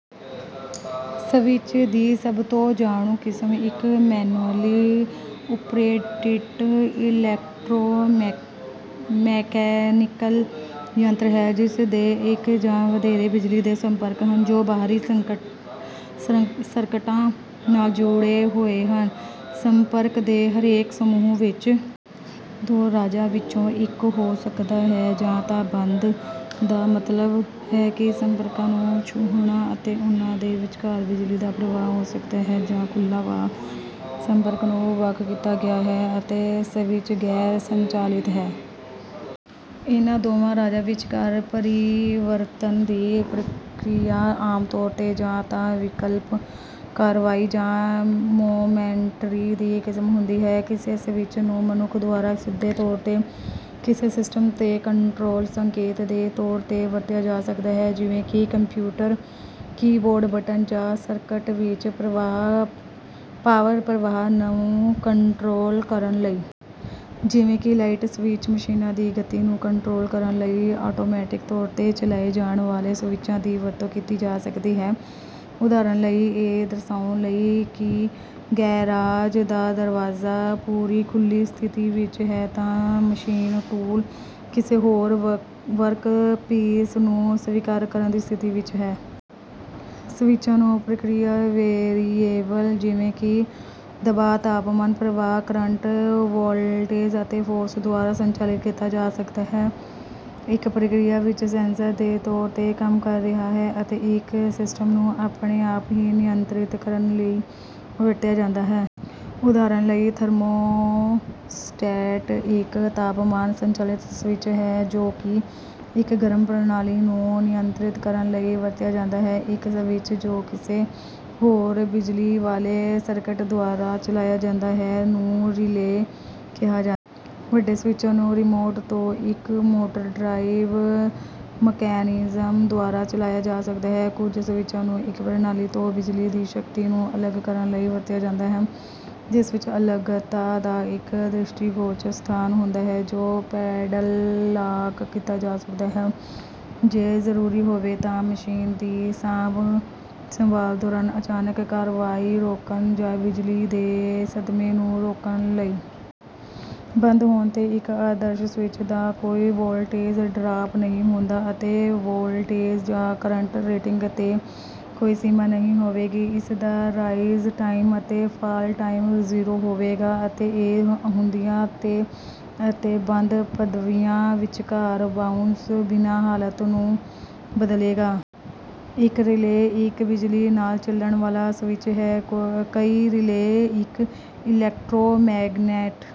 Switch ਦੀ ਸਭ ਤੋਂ ਜਾਣੂ ਕਿਸਮ ਇੱਕ ਮੈਨੂਅਲੀ ਓਪਰੇਟਿਡ ਇਲੈਕਟ੍ਰੋਮੈਕੈਨਿਕਲ ਯੰਤਰ ਹੈ ਜਿਸ ਦੇ ਇੱਕ ਜਾਂ ਵਧੇਰੇ ਬਿਜਲੀ ਦੇ ਸੰਪਰਕ ਹਨ, ਜੋ ਬਾਹਰੀ ਸਰਕਟਾਂ ਨਾਲ ਜੁੜੇ ਹੋਏ ਹਨ। ਸੰਪਰਕ ਦੇ ਹਰੇਕ ਸਮੂਹ ਵਿੱਚ ਦੋ ਰਾਜਾਂ ਵਿੱਚੋਂ ਇੱਕ ਹੋ ਸਕਦਾ ਹੈ: ਜਾਂ ਤਾਂ "ਬੰਦ" ਦਾ ਮਤਲਬ ਹੈ ਕਿ ਸੰਪਰਕਾਂ ਨੂੰ ਛੂਹਣਾ ਅਤੇ ਉਨ੍ਹਾਂ ਦੇ ਵਿਚਕਾਰ ਬਿਜਲੀ ਦਾ ਪ੍ਰਵਾਹ ਹੋ ਸਕਦਾ ਹੈ, ਜਾਂ "ਖੁੱਲ੍ਹਾ", ਭਾਵ ਸੰਪਰਕ ਨੂੰ ਵੱਖ ਕੀਤਾ ਗਿਆ ਹੈ ਅਤੇ ਸਵਿੱਚ ਗੈਰ ਸੰਚਾਲਿਤ ਹੈ। ਇਹਨਾਂ ਦੋਵਾਂ ਰਾਜਾਂ ਵਿਚਕਾਰ ਪਰਿਵਰਤਨ ਦੀ ਪ੍ਰਕਿਰਿਆ ਆਮ ਤੌਰ ਤੇ ਜਾਂ ਤਾਂ "ਵਿਕਲਪਕ ਕਾਰਵਾਈ" ਜਾਂ "ਮੋਮੈਂਟਰੀ" ਦੀ ਕਿਸਮ ਹੁੰਦੀ ਹੈ। ਕਿਸੇ ਸਵਿੱਚ ਨੂੰ ਮਨੁੱਖ ਦੁਆਰਾ ਸਿੱਧੇ ਤੌਰ ਤੇ ਕਿਸੇ ਸਿਸਟਮ ਤੇ ਕੰਟਰੋਲ ਸੰਕੇਤ ਦੇ ਤੌਰ ਤੇ ਵਰਤਿਆ ਜਾ ਸਕਦਾ ਹੈ, ਜਿਵੇਂ ਕਿ ਕੰਪਿਊਟਰ ਕੀਬੋਰਡ ਬਟਨ, ਜਾਂ ਸਰਕਟ ਵਿੱਚ ਪਾਵਰ ਪ੍ਰਵਾਹ ਨੂੰ ਕੰਟਰੋਲ ਕਰਨ ਲਈ। ਜਿਵੇਂ ਕਿ ਲਾਈਟ ਸਵਿਚ, ਮਸ਼ੀਨਾਂ ਦੀ ਗਤੀ ਨੂੰ ਕੰਟਰੋਲ ਕਰਨ ਲਈ ਆਟੋਮੈਟਿਕ ਤੌਰ ਤੇ ਚਲਾਏ ਜਾਣ ਵਾਲੇ ਸਵਿਚਾਂ ਦੀ ਵਰਤੋਂ ਕੀਤੀ ਜਾ ਸਕਦੀ ਹੈ, ਉਦਾਹਰਨ ਲਈ, ਇਹ ਦਰਸਾਉਣ ਲਈ ਕਿ ਗੈਰਾਜ ਦਾ ਦਰਵਾਜ਼ਾ ਪੂਰੀ ਖੁੱਲ੍ਹੀ ਸਥਿਤੀ ਵਿੱਚ ਹੈ ਜਾਂ ਮਸ਼ੀਨ ਟੂਲ ਕਿਸੇ ਹੋਰ ਵਰਕਪੀਸ ਨੂੰ ਸਵੀਕਾਰ ਕਰਨ ਦੀ ਸਥਿਤੀ ਵਿੱਚ ਹੈ। ਸਵਿੱਚਾਂ ਨੂੰ ਪ੍ਰਕਿਰਿਆ ਵੇਰੀਏਬਲ ਜਿਵੇਂ ਕਿ ਦਬਾਅ, ਤਾਪਮਾਨ, ਪ੍ਰਵਾਹ, ਕਰੰਟ, ਵੋਲਟੇਜ, ਅਤੇ ਫੋਰਸ ਦੁਆਰਾ ਸੰਚਾਲਿਤ ਕੀਤਾ ਜਾ ਸਕਦਾ ਹੈ, ਇੱਕ ਪ੍ਰਕਿਰਿਆ ਵਿੱਚ ਸੈਂਸਰ ਦੇ ਤੌਰ ਤੇ ਕੰਮ ਕਰ ਰਿਹਾ ਹੈ ਅਤੇ ਇੱਕ ਸਿਸਟਮ ਨੂੰ ਆਪਣੇ ਆਪ ਹੀ ਨਿਯੰਤਰਿਤ ਕਰਨ ਲਈ ਵਰਤਿਆ ਜਾਂਦਾ ਹੈ। ਉਦਾਹਰਨ ਲਈ, ਥਰਮੋਸਟੈਟ ਇੱਕ ਤਾਪਮਾਨ ਸੰਚਾਲਿਤ ਸਵਿੱਚ ਹੈ ਜੋ ਕਿ ਇੱਕ ਗਰਮ ਪ੍ਰਣਾਲੀ ਨੂੰ ਨਿਯੰਤਰਿਤ ਕਰਨ ਲਈ ਵਰਤਿਆ ਜਾਂਦਾ ਹੈ। ਇੱਕ ਸਵਿੱਚ ਜੋ ਕਿਸੇ ਹੋਰ ਬਿਜਲੀ ਵਾਲੇ ਸਰਕਟ ਦੁਆਰਾ ਚਲਾਇਆ ਜਾਂਦਾ ਹੈ ਨੂੰ ਰਿਲੇਅ ਕਿਹਾ ਜਾਂਦਾ ਹੈ। ਵੱਡੇ ਸਵਿੱਚਾਂ ਨੂੰ ਰਿਮੋਟ ਤੋਂ ਇੱਕ ਮੋਟਰ ਡਰਾਈਵ ਮਕੈਨਿਜ਼ਮ ਦੁਆਰਾ ਚਲਾਇਆ ਜਾ ਸਕਦਾ ਹੈ। ਕੁਝ ਸਵਿੱਚਾਂ ਨੂੰ ਇੱਕ ਪ੍ਰਣਾਲੀ ਤੋਂ ਬਿਜਲੀ ਦੀ ਸ਼ਕਤੀ ਨੂੰ ਅਲੱਗ ਕਰਨ ਲਈ ਵਰਤਿਆ ਜਾਂਦਾ ਹੈ, ਜਿਸ ਵਿੱਚ ਅਲੱਗਤਾ ਦਾ ਇੱਕ ਦ੍ਰਿਸ਼ਟੀਗੋਚਰ ਸਥਾਨ ਹੁੰਦਾ ਹੈ ਜੋ ਪੈਡਲਾਕ ਕੀਤਾ ਜਾ ਸਕਦਾ ਹੈ ਜੇ ਜ਼ਰੂਰੀ ਹੋਵੇ ਤਾਂ ਮਸ਼ੀਨ ਦੀ ਸਾਂਭ ਸੰਭਾਲ ਦੌਰਾਨ ਅਚਾਨਕ ਕਾਰਵਾਈ ਰੋਕਣ, ਜਾਂ ਬਿਜਲੀ ਦੇ ਸਦਮੇ ਨੂੰ ਰੋਕਣ ਲਈ। ਬੰਦ ਹੋਣ ਤੇ ਇੱਕ ਆਦਰਸ਼ ਸਵਿੱਚ ਦਾ ਕੋਈ ਵੋਲਟੇਜ ਡਰਾਪ ਨਹੀਂ ਹੁੰਦਾ, ਅਤੇ ਵੋਲਟੇਜ ਜਾਂ ਕਰੰਟ ਰੇਟਿੰਗ ਤੇ ਕੋਈ ਸੀਮਾ ਨਹੀਂ ਹੋਵੇਗੀ। ਇਸ ਦਾ ਰਾਈਜ਼ ਟਾਈਮ ਅਤੇ ਫਾਲ ਟਾਈਮ ਜ਼ੀਰੋ ਹੋਵੇਗਾ, ਅਤੇ ਇਹ ਅਹੁਦਿਆਂ ਤੇ ਅਤੇ ਬੰਦ ਪਦਵੀਆਂ ਵਿਚਕਾਰ "ਬਾਊਂਸ" ਬਿਨਾਂ ਹਾਲਤ ਨੂੰ ਬਦਲੇਗਾ। ਇੱਕ ਰਿਲੇਅ ਇੱਕ ਬਿਜਲੀ ਨਾਲ ਚੱਲਣ ਵਾਲਾ ਸਵਿੱਚ ਹੈ। ਕਈ ਰਿਲੇਅ ਇੱਕ ਇਲੈਕਟ੍ਰੋਮੈਗਨੈਟ